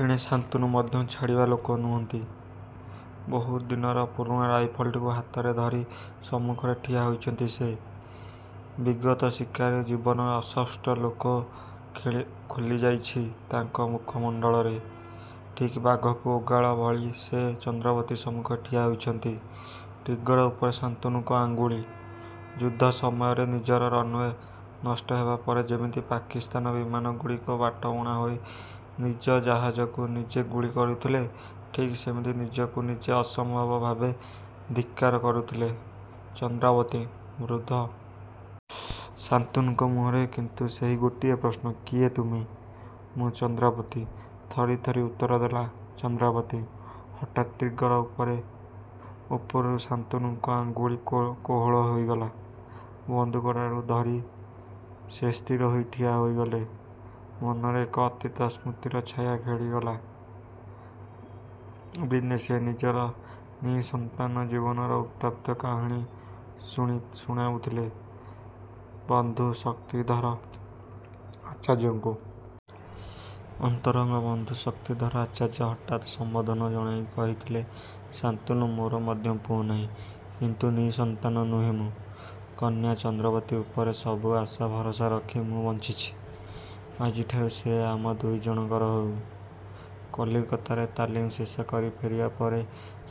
ଏଣେ ଶାନ୍ତନୁ ମଧ୍ୟ ଛାଡ଼ିବା ଲୋକ ନୁହଁନ୍ତି। ବହୁଦିନର ପୁରୁଣା ରାଇଫଲ୍‌ଟାକୁ ହାତରେ ଧରି ସମ୍ମୁଖରେ ଠିଆ ହୋଇଛନ୍ତି ସେ। ବିଗତ ଶିକାରୀ ଜୀବନର ଅସ୍ପଷ୍ଟ ଆଲୋକ ଖେଳିଯାଉଛି ତାଙ୍କ ମୁଖମଣ୍ଡଳରେ। ଠିକ୍ ବାଘକୁ ଓଗାଳିଲା ଭଳି ସେ ଚନ୍ଦ୍ରାବତୀ ସମ୍ମୁଖରେ ଠିଆ ହୋଇଛନ୍ତି। ଟ୍ରିଗର ଉପରେ ଶାନ୍ତନୁଙ୍କ ଆଙ୍ଗୁଳି ଯୁଦ୍ଧ ସମୟରେ ନିଜର ରନ୍‌ୱେ ନଷ୍ଟ ହେବା ପରେ ଯେମିତି ପାକିସ୍ତାନୀ ବିମାନଗୁଡ଼ିକ ବାଟବଣା ହୋଇ ନିଜ ଜାହାଜକୁ ନିଜେ ଗୁଳି କରୁଥିଲେ, ଠିକ୍ ସେମିତି ନିଜକୁ ନିଜେ ଅସମ୍ଭବ ଭାବେ ଧିକ୍କାର କରୁଥିଲା ଚନ୍ଦ୍ରାବତୀ। ବୃଦ୍ଧ ଶାନ୍ତନୁଙ୍କ ମୁହଁରେ କିନ୍ତୁ ସେହି ଗୋଟିଏ ପ୍ରଶ୍ନ “କିଏ ତୁମେ?”“ମୁଁ ଚନ୍ଦ୍ରାବତୀ।”ଥରି ଥରି ଉତ୍ତର ଦେଲା ଚନ୍ଦ୍ରାବତୀ। ହଠାତ୍ ଟ୍ରିଗର ଉପରୁ ଶାନ୍ତନୁଙ୍କ ଆଙ୍ଗୁଳି କୋହଳ ହୋଇଗଲା। ବନ୍ଧୁକଟାକୁ ଧରି ସେ ସ୍ଥିର ହୋଇ ଠିଆ ହୋଇଗଲେ। ମନରେ ଏକ ଅତୀତ ସ୍ମୃତିର ଛାୟା ଖେଳିଗଲା। ଦିନେ ସେ ନିଜର ନିଃସନ୍ତାନ ଜୀବନର ଉତ୍ତପ୍ତ କାହାଣୀ ଶୁଣାଉଥିଲେ ବନ୍ଧୁ ଶକ୍ତିଧର ଆଚାର୍ଯ୍ୟଙ୍କୁ। ଅନ୍ତରଙ୍ଗ ବନ୍ଧୁ ଶକ୍ତିଧର ଆଚାର୍ଯ୍ୟ ହଠାତ୍ ସମବେଦନା ଜଣାଇ କହିଥିଲେ“ଶାନ୍ତନୁ! ମୋର ମଧ୍ୟ ପୁଅ ନାହିଁ। କିନ୍ତୁ ନିଃସନ୍ତାନ ନୁହେଁ ମୁଁ। କନ୍ୟା ଚନ୍ଦ୍ରାବତୀ ଉପରେ ସବୁ ଆଶା ଓ ଭରସା ରଖି ମୁଁ ବଞ୍ଚିଛି। ଆଜିଠାରୁ ସେ ଆମ ଦୁଇଜଣଙ୍କର ହେଉ। କଲିକତାର ତାଲିମ ଶେଷ କରି ଫେରିବା ପରେ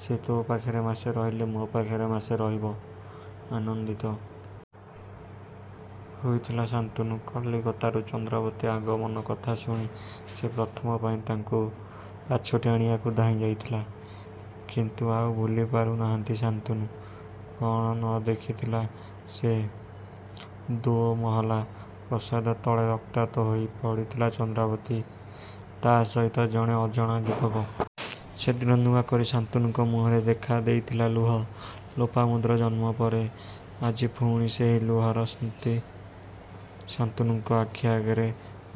ସେ ତୋ ପାଖରେ ମାସେ ରହିଲେ, ମୋ ପାଖରେ ମାସେ ରହିବ।”ଆନନ୍ଦିତ ହୋଇଥିଲା ଶାନ୍ତନୁ। କଲିକତାରୁ ଚନ୍ଦ୍ରାବତୀ ଆଗମନ କଥା ଶୁଣି ସେ ପ୍ରଥମ ପାଇଁ ତାଙ୍କୁ ପାଛୋଟି ଆଣିବାକୁ ଧାଇଁ ଯାଇଥିଲା କିନ୍ତୁ ଆଉ ଭୁଲିପାରୁ ନାହାଁନ୍ତି ଶାନ୍ତନୁ। କ'ଣ ନ ଦେଖିଥିଲା ସେ! ଦ୍ୱିମହଲା ପ୍ରାସାଦ ତଳେ ରକ୍ତାକ୍ତ ହୋଇ ପଡ଼ିଥିଲା ଚନ୍ଦ୍ରାବତୀ। ତା' ସହିତ ଜଣେ ଅଜଣା ଯୁବକ। ସେଦିନ ନୂଆ କରି ଶାନ୍ତନୁଙ୍କ ମୁହଁରେ ଦେଖା ଦେଇଥିଲା ଲୁହ। ଲୋପାମୁଦ୍ରାର ଜନ୍ମ ପରେ ଆଜି ପୁଣି ସେହି ଲୁହର ସ୍ମୃତି ଶାନ୍ତନୁଙ୍କ ଆଖି ଆଗରେ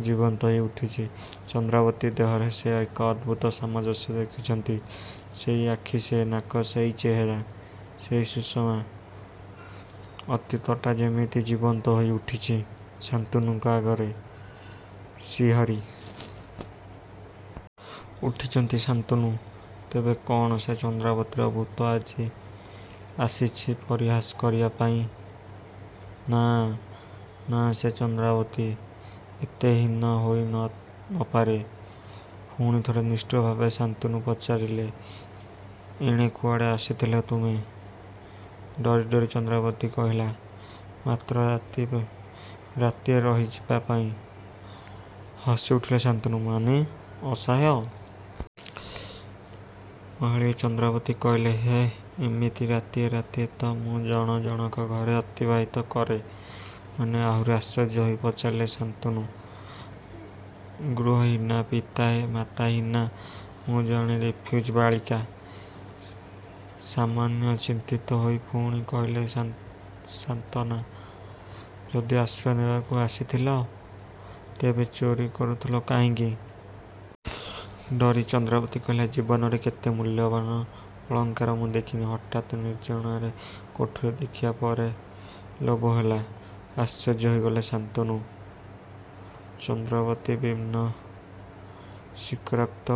ଜୀବନ୍ତ ହୋଇ ଉଠୁଛି। ଚନ୍ଦ୍ରାବତୀର ଦେହରେ ସେ ଏକ ଅଦ୍ଭୁତ ସାମଞ୍ଜସ୍ୟ ଦେଖୁଛନ୍ତି। ସେହି ଆଖି, ସେହି ନାକ, ସେହି ଚେହେରା, ସେହି ସୁଷମା ଅତୀତଟା ଯେମିତି ଜୀବନ୍ତ ହୋଇ ଉଠୁଛି ଶାନ୍ତନୁଙ୍କ ଆଗରେ। ଶିହରି ଉଠୁଛନ୍ତି ଶାନ୍ତନୁ। ତେବେ କ'ଣ ସେ ଚନ୍ଦ୍ରାବତୀର ଭୂତ ଆଜି ଆସିଛି ପରିହାସ କରିବା ପାଇଁ?“ନାଁ ନାଁସେ ଚନ୍ଦ୍ରାବତୀ ଏତେ ହୀନା ହୋଇ ନ ପାରେ।”ପୁଣି ଥରେ ନିଷ୍ଠୁର ଭାବେ ଶାନ୍ତନୁ ପଚାରିଲ“ଏଣେ କୁଆଡ଼େ ଆସିଥିଲ ତୁମେ?”ଡରି ଡରି ଚନ୍ଦ୍ରାବତୀ କହିଲା“ମାତ୍ର ରାତିଏ ରହିଯିବା ପାଇଁ।”ହସି ଉଠିଲେ ଶାନ୍ତନୁ।“ମାନେ?”ଅସହାୟା ଭଳି ଚନ୍ଦ୍ରାବତୀ କହିଲ ହଁଏମିତି ରାତିଏ ରାତିଏ ତ ମୁଁ ଜଣ ଜଣକ ଘରେ ଅତିବାହିତ କରେ। ମାନେ ?ଆହୁରି ଆଶ୍ଚର୍ଯ୍ୟ ହୋଇ ପଚାରିଲେ ଶାନ୍ତନୁ। ଗୃହହୀନା, ପିତାମାତାହୀନା ମୁଁ ଜଣେ ରିଫ୍ୟୁଜି ବାଳିକା। ସାମାନ୍ୟ ଚିନ୍ତିତ ହୋଇ ପୁଣି କହିଲେ ଶାନ୍ତନ ଯଦି ଆଶ୍ରୟ ନେବାକୁ ଆସିଥିଲ, ତେବେ ଚୋରି କରୁଥିଲ କାହିଁକି? ଡରି ଚନ୍ଦ୍ରାବତୀ କହିଲା ଜୀବନରେ କେତେ ମୂଲ୍ୟବାନ ଅଳଙ୍କାର ମୁଁ ଦେଖିନି। ହଠାତ୍ ନିର୍ଜନ ଆଡେ କୋଠରୀ ଦେଖିବା ପରେ ଲୋଭ ହେଲା। ଆଶ୍ଚର୍ଯ୍ୟ ହୋଇଗଲେ ଶାନ୍ତନୁ। ଚନ୍ଦ୍ରାବତୀ ବିନ ସ୍ୱୀକାରୋକ୍ତ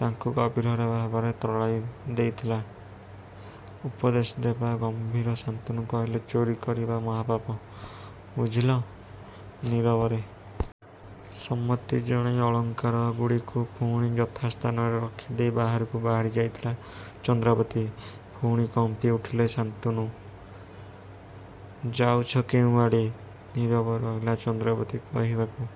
ତାଙ୍କୁ ଗଭୀର ଭାବେ ତରଳାଇ ଦେଇଥିଲା। ଉପଦେଶ ଦେବା ଭଙ୍ଗୀରେ ଶାନ୍ତନୁ କହିଲେ ଚୋରି କରିବା ମହାପାପ, ବୁଝିଲ? ନୀରବରେ ସମ୍ମତି ଜଣାଇ ଅଳଙ୍କାରଗୁଡ଼ିକୁ ପୁଣି ଯଥାସ୍ଥାନରେ ରଖିଦେଇ ବାହାରକୁ ବାହାରି ଯାଉଥିଲା ଚନ୍ଦ୍ରାବତୀ। ପୁଣି କମ୍ପିଉଠିଲେ ଶାନ୍ତନୁ।“ଯାଉଛ କେଉଁଆଡ଼େ?”ନୀରବ ରହିଲା ଚନ୍ଦ୍ରାବତୀ। କହିବାକୁ